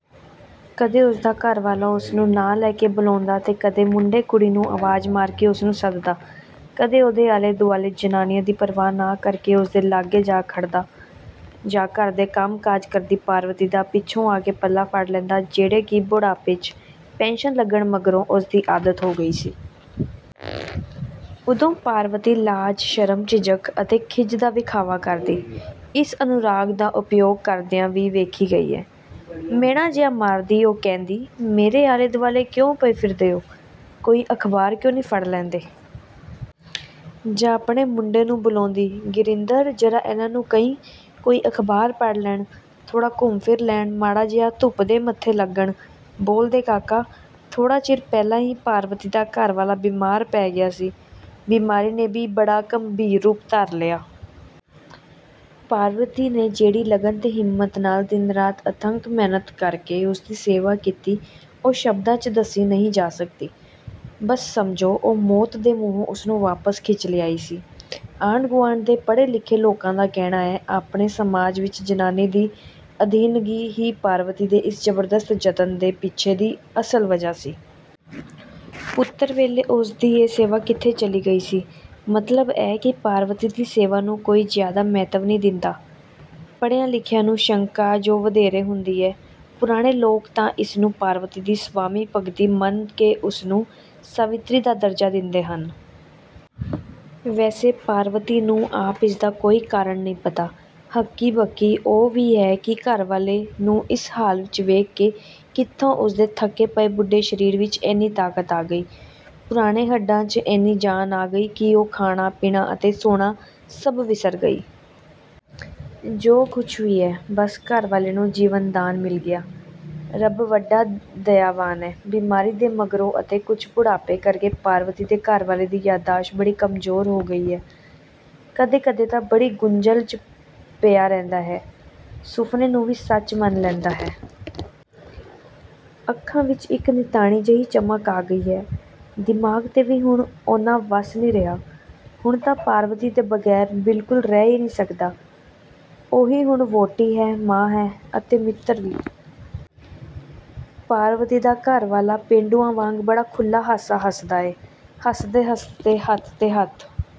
ਕਦੇ ਉਸਦਾ ਘਰਵਾਲਾ ਉਸਨੂੰ ਨਾਂ ਲੈ ਕੇ ਬੁਲਾਉਂਦਾ 'ਤੇ ਕਦੇ ਮੁੰਡੇ-ਕੁੜੀ ਨੂੰ ਅਵਾਜ਼ ਮਾਰ ਕੇ ਉਸਨੂੰ ਸੱਦਦਾ। ਕਦੇ ਉਹਦੇ ਆਲੇ-ਦੁਆਲੇ ਜਨਾਨੀਆਂ ਦੀ ਪਰਵਾਹ ਨਾ ਕਰਕੇ ਉਸਦੇ ਲਾਗੇ ਜਾ ਖੜ੍ਹਦਾ, ਜਾਂ ਘਰ ਦੇ ਕੰਮ-ਕਾਜ ਕਰਦੀ ਪਾਰਵਤੀ ਦਾ ਪਿੱਛੋਂ ਆ ਕੇ ਪੱਲਾ ਫੜ ਲੈਂਦਾ, ਜਿਹੜੀ ਕਿ ਬੁਢਾਪੇ 'ਚ ਪੈਨਸ਼ਨ ਲੱਗਣ ਮਗਰੋਂ ਉਸਦੀ ਆਦਤ ਹੋ ਗਈ ਸੀ। ਉਦੋਂ ਪਾਰਵਤੀ ਲਾਜ-ਸ਼ਰਮ, ਝਿਝਕ ਅਤੇ ਖਿੱਝ ਦਾ ਵਖਾਵਾ ਕਰਦੀ, ਇਸ ਅਨੁਰਾਗ ਦਾ ਉਪਯੋਗ ਕਰਦਿਆਂ ਵੀ ਵੇਖੀ ਗਈ ਹੈ। ਮਿਹਣਾ ਜਿਹਾ ਮਾਰਦੀ ਉਹ ਕਹਿੰਦੀ, "ਮੇਰੇ ਆਲੇ-ਦੁਆਲੇ ਕਿਉਂ ਪਏ ਫਿਰਦੇ ਹੋ? ਕੋਈ ਅਖ਼ਬਾਰ ਕਿਉਂ ਨਹੀਂ ਫੜ ਲੈਂਦੇ?" ਜਾਂ ਆਪਣੇ ਮੁੰਡੇ ਨੂੰ ਬੁਲਾਉਂਦੀ "ਗਿਰਿੰਦਰ, ਜ਼ਰਾ ਇਨ੍ਹਾਂ ਨੂੰ ਕਹਿ ਕੋਈ ਅਖ਼ਬਾਰ ਪੜ੍ਹ ਲੈਣ, ਥੋੜ੍ਹਾ ਘੁੰਮ-ਫਿਰ ਲੈਣ, ਮਾੜਾ ਜਿਹਾ ਧੁੱਪ ਦੇ ਮੱਥੇ ਲੱਗਣ, ਬੋਲ ਦੇ ਕਾਕਾ!" ਥੋੜ੍ਹਾ ਚਿਰ ਪਹਿਲੇ ਹੀ ਪਾਰਵਤੀ ਦਾ ਘਰਵਾਲਾ ਬਿਮਾਰ ਪੈ ਗਿਆ ਸੀ, ਬਿਮਾਰੀ ਨੇ ਵੀ ਬੜਾ ਗੰਭੀਰ ਰੂਪ ਧਰ ਲਿਆ। ਪਾਰਵਤੀ ਨੇ ਜਿਹੜੀ ਲਗਨ 'ਤੇ ਹਿੰਮਤ ਨਾਲ਼ ਦਿਨ-ਰਾਤ ਅਥੱਕ ਮਿਹਨਤ ਕਰਕੇ ਉਸਦੀ ਸੇਵਾ ਕੀਤੀ ਉਹ ਸ਼ਬਦਾਂ 'ਚ ਦੱਸੀ ਨਹੀਂ ਜਾ ਸਕਦੀ। ਬੱਸ ਸਮਝੋ, ਉਹ ਮੌਤ ਦੇ ਮੂੰਹੋਂ ਉਸਨੂੰ ਵਾਪਸ ਖਿੱਚ ਲਿਆਈ ਸੀ। ਆਂਢ-ਗੁਆਂਢ ਦੇ ਪੜ੍ਹੇ-ਲਿਖੇ ਲੋਕਾਂ ਦਾ ਕਹਿਣਾ ਹੈ, ਆਪਣੇ ਸਮਾਜ ਵਿੱਚ ਜਨਾਨੀ ਦੀ ਅਧੀਨਗੀ ਹੀ ਪਾਰਵਤੀ ਦੇ ਇਸ ਜ਼ਬਰਦਸਤ ਜਤਨ ਦੇ ਪਿੱਛੇ ਦੀ ਅਸਲ ਵਜ੍ਹਾ ਸੀ। ਪੁੱਤਰ ਵੇਲੇ ਉਸਦੀ ਇਹ ਸੇਵਾ ਕਿੱਥੇ ਚਲੀ ਗਈ ਸੀ? ਮਤਲਬ ਇਹ ਕਿ ਪਾਰਵਤੀ ਦੀ ਸੇਵਾ ਨੂੰ ਕੋਈ ਜ਼ਿਆਦਾ ਮਹੱਤਵ ਨਹੀਂ ਦਿੰਦੇ; ਪੜ੍ਹਿਆਂ-ਲਿਖਿਆਂ ਨੂੰ ਸ਼ੰਕਾ ਜੋ ਵਧੇਰੇ ਹੁੰਦੀ ਹੈ। ਪੁਰਾਣੇ ਲੋਕ ਤਾਂ ਇਸਨੂੰ ਪਾਰਵਤੀ ਦੀ ਸਵਾਮੀ-ਭਕਤੀ ਮੰਨ ਕੇ ਉਸਨੂੰ ਸਾਵਿਤਰੀ ਦਾ ਦਰਜਾ ਦਿੰਦੇ ਹਨ। ਵੈਸੇ ਪਾਰਵਤੀ ਨੂੰ ਆਪ ਇਸਦਾ ਕੋਈ ਕਾਰਣ ਨਹੀਂ ਪਤਾ। ਹੱਕੀ-ਬੱਕੀ ਉਹ ਵੀ ਹੈ ਕਿ ਘਰਵਾਲੇ ਨੂੰ ਇਸ ਹਾਲ 'ਚ ਵੇਖ ਕੇ ਕਿੱਥੋਂ ਉਸਦੇ ਥੱਕੇ ਪਏ, ਬੁੱਢੇ ਸ਼ਰੀਰ ਵਿੱਚ ਇੰਨੀ ਤਾਕਤ ਆ ਗਈ, ਪੁਰਾਣੇ ਹੱਡਾਂ 'ਚ ਇੰਨੀ ਜਾਨ ਆ ਗਈ ਕਿ ਉਹ ਖਾਣਾ, ਪੀਣਾ ਅਤੇ ਸੌਣਾ ਸਭ ਵਿਸਰ ਗਈ। ਜੋ ਕੁੱਝ ਵੀ ਹੈ, ਬੱਸ ਘਰਵਾਲੇ ਨੂੰ ਜੀਵਨਦਾਨ ਮਿਲ ਗਿਆ; ਰੱਬ ਬੜਾ ਦਇਆਵਾਨ ਹੈ! ਬਿਮਾਰੀ ਦੇ ਮਗਰੋਂ, ਅਤੇ ਕੁੱਝ ਬੁਢਾਪੇ ਕਰਕੇ ਪਾਰਵਤੀ ਦੇ ਘਰਵਾਲੇ ਦੀ ਯਾਦਾਸ਼ਤ ਬੜੀ ਕਮਜ਼ੋਰ ਹੋ ਗਈ ਹੈ। ਕਦੇ-ਕਦੇ ਤਾਂ ਬੜੀ ਗੁੰਝਲ 'ਚ ਪਿਆ ਰਹਿੰਦਾ ਹੈ, ਸੁਫ਼ਨੇ ਨੂੰ ਵੀ ਸੱਚ ਮੰਨ ਲੈਂਦਾ ਹੈ। ਅੱਖਾਂ ਵਿੱਚ ਇੱਕ ਨਿਤਾਣੀ ਜਿਹੀ ਚਮਕ ਆ ਗਈ ਹੈ। ਦਿਮਾਗ 'ਤੇ ਵੀ ਹੁਣ ਓਨਾ ਵੱਸ ਨਹੀਂ ਰਿਹਾ। ਹੁਣ ਤਾਂ ਪਾਰਵਤੀ ਦੇ ਬਗ਼ੈਰ ਬਿਲਕੁਲ ਰਹਿ ਹੀ ਨਹੀਂ ਸਕਦਾ। ਉਹੀ ਹੁਣ ਵਹੁਟੀ ਹੈ, ਮਾਂ ਹੈ ਅਤੇ ਮਿੱਤਰ ਵੀ। ਪਾਰਵਤੀ ਦਾ ਘਰਵਾਲਾ ਪੇਂਡੂਆਂ ਵਾਂਗ ਬੜਾ ਖੁੱਲ੍ਹਾ ਹਾਸਾ ਹੱਸਦਾ ਹੈ, ਹੱਸਦੇ-ਹੱਸਦੇ ਹੱਥ 'ਤੇ ਹੱਥ